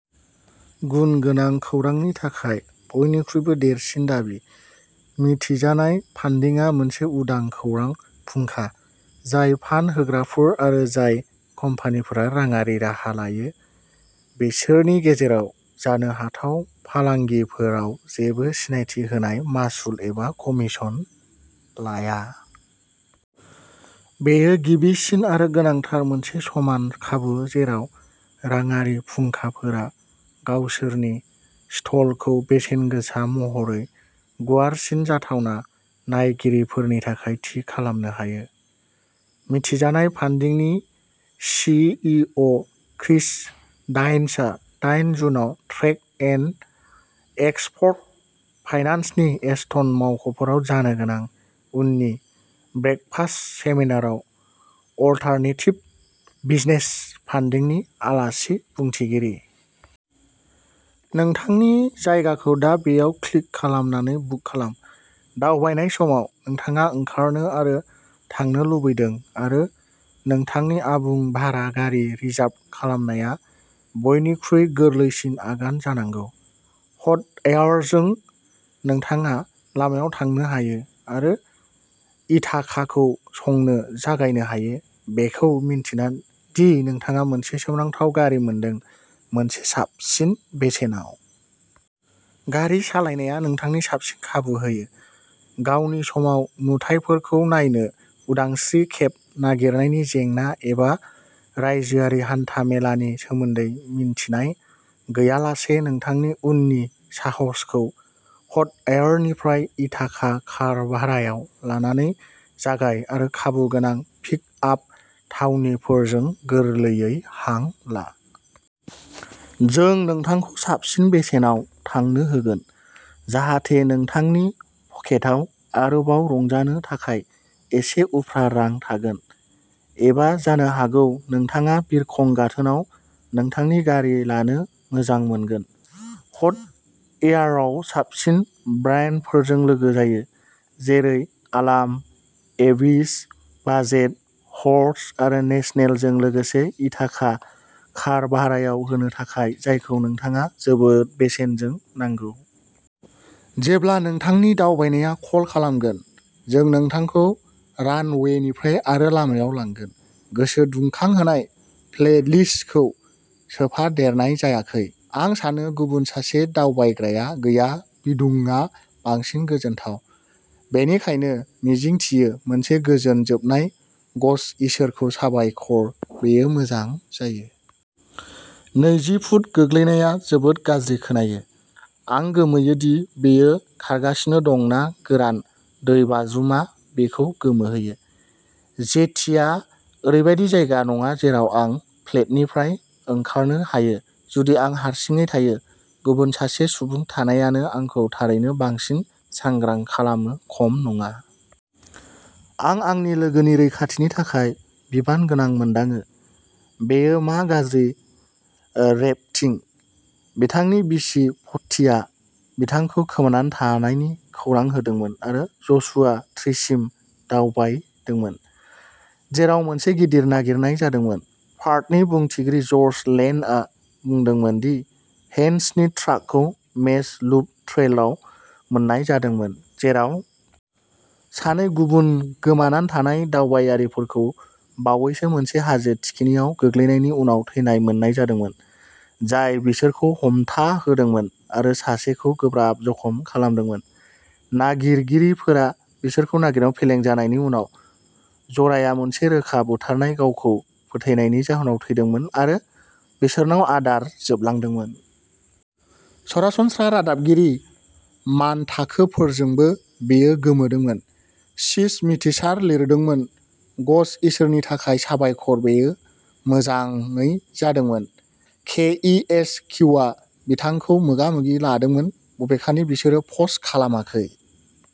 गुनगोनां खौरांनि थाखाय बयनिख्रुइबो देरसिन दाबि। मिथिजानाय फान्डिंआ मोनसे उदां खौरां फुंखा, जाय फान्ड होग्राफोर आरो जाय कम्पानिफोरा राङारि राहा लायो बिसोरनि गेजेराव जानो हाथाव फालांगिफोराव जेबो सिनायथि होनाय मासुल एबा कमिसन लाया। बेयो गिबिसिन आरो गोनांथार मोनसे समान खाबु जेराव राङारि फुंखाफोरा गावसोरनि स्टलखौ बेसेनगोसा महरै गुवारसिन जाथावना नायगिरिफोरनि थाखाय थि खालामनो हायो। मिथिजानाय फान्डिंनि सि इ अ क्रिस डाइन्सआ दाइन जुनआव ट्रेड एन्ड एक्सप'र्ट फाइनेन्सनि एस्टन मावख'फोराव जानो गोनां उननि ब्रेकफास्ट सेमिनारआव अलटारनेटिभ बिजनेस फान्डिंनि आलासि बुंथिगिरि। नोंथांनि जायगाखौ दा बेयाव क्लिक खालामनानै बुक खालाम। दावबायनाय समाव नोंथाङा ओंखारनो आरो थांनो लुबैदों आरो नोंथांनि आबुं भारा गारि रिजार्भ खालामनाया बयनिख्रुइ गोरलैसिन आगान जानांगौ। हटवायरजों नोंथाङा लामायाव थांनो हायो आरो इथाकाखौ संनो जागायनो हायो बेखौ मिन्थिना दि नोंथाङा मोनसे सोमोनांथाव गारि मोनदों मोनसे साबसिन बेसेनाव। गारि सालायनाया नोंथांनो साबसिन खाबु होयो। गावनि समाव नुथायफोरखौ नायनो उदांस्रि केब नागिरनायनि जेंना एबा रायजोआरि हान्था-मेलानि सोमोन्दै मिन्थिनाय गैयालासे नोंथांनि उननि साहसखौ हटवायरनिफ्राय इथाका कार भारायाव लानानै जागाय आरो खाबु गोनां पिक आप थावनिफोरजों गोरलैयै हां ला। जों नोंथांखौ साबसिन बेसेनाव थांनो होगोन। जाहाथे नोंथांनि पकेटाव आरोबाव रंजानो थाखाय एसे उफ्रा रां थागोन। एबा जानो हागौ नोंथाङा बिरखं गाथोनाव नोंथांनि गारि लानो मोजां मोनगोन? हटवायरआ साबसिन ब्रान्डफोरजों लोगो जायो। जेरै आलाम, एविस, बाजेट, हर्टज आरो नेशनलजों लोगोसे इथाका कार भारायाव होनो थाखाय जायखौ नोंथाङा जोबोद बेसेनजों नांगौ। जेब्ला नोंथांनि दावबायनाया कल खालामगोन, जों नोंथांखौ रानवेनिफ्राय आरो लामायाव लांगोन। गोसो दुंखांहोनाय प्लेलिस्टखौ सोफादेरनाय जायाखै। आं सानो गुबुन सासे दावबायग्राया गैया‌ बिदुंआ बांसिन गोजोनथाव। बेनिखायनो मिजिंथियो मोनसे गोजोन जोबनाय गश इसोरखौ साबायखर बेयो मोजां जायो। नैजि फुट गोग्लैनाया जोबोद गाज्रि खोनायो। आं गोमोयो दि बियो खारगासिनो दं ना गोरान दैबाज्रुमआ बिखौ गोमोहोयो। जेटिआ ओरैबायदि जायगा नङा जेराव आं फ्लेटनिफ्राय ओंखारनो हायो जुदि आं हारसिङै थायो। गुबुन सासे सुबुं थानायानो आंखौ थारैनो बांसिन सांग्रां खालामो खम नङा। आं आंनि लोगोनि रैखाथिनि थाखाय बिबानगोनां मोनदाङो। बेयो मा गाज्रि रिपर्टिं? बिथांनि बिसि पट्टीआ बिथांखौ गोमाना थानायनि खौरां होदोंमोन आरो जसुवा ट्रिसिम दावबायदोंमोन जेराव मोनसे गिदिर नागिरनाय जादोंमोन। पार्कनि बुंथिगिरि जर्ज लेन्डआ बुंदोंमोन दि हेंक्सनि ट्राकखौ मेज लुप ट्रेलआव मोननाय जादोंमोन। जेराव सानै गुबुन गोमाना थानाय दावबायारिफोरखौ बावैसो मोनसे हाजो थिखिनियाव गोग्लैनायनि उनाव थैनाय मोननाय जादोंमोन। जाय बिसोरखौ हमथाहोदोंमोन आरो सासेखौ गोब्राब जखम खालामदोंमोन। नागिरगिरिफोरा बिसोरखौ नागिरनायाव फेलें जानायनि उनाव जराया मोनसे रोखा बुथारनाय गावखौ फोथैनायनि जाहोनाव थैदोंमोन आरो बिसोरनाव आदार जोबलांदोंमोन। सरासनस्रा रादाबगिरि मानथाखोफोरजोंबो बियो गोमोदोंमोन। शिश मिथिसार लिरदोंमोन गश इसोरनि थाखाय साबायखर बेयो मोजाङै जादोंमोन। के इ एस किउआ बिथांखौ मोगा-मोगि लादोंमोन बबेखानि बिसोरो पस्ट खालामाखै।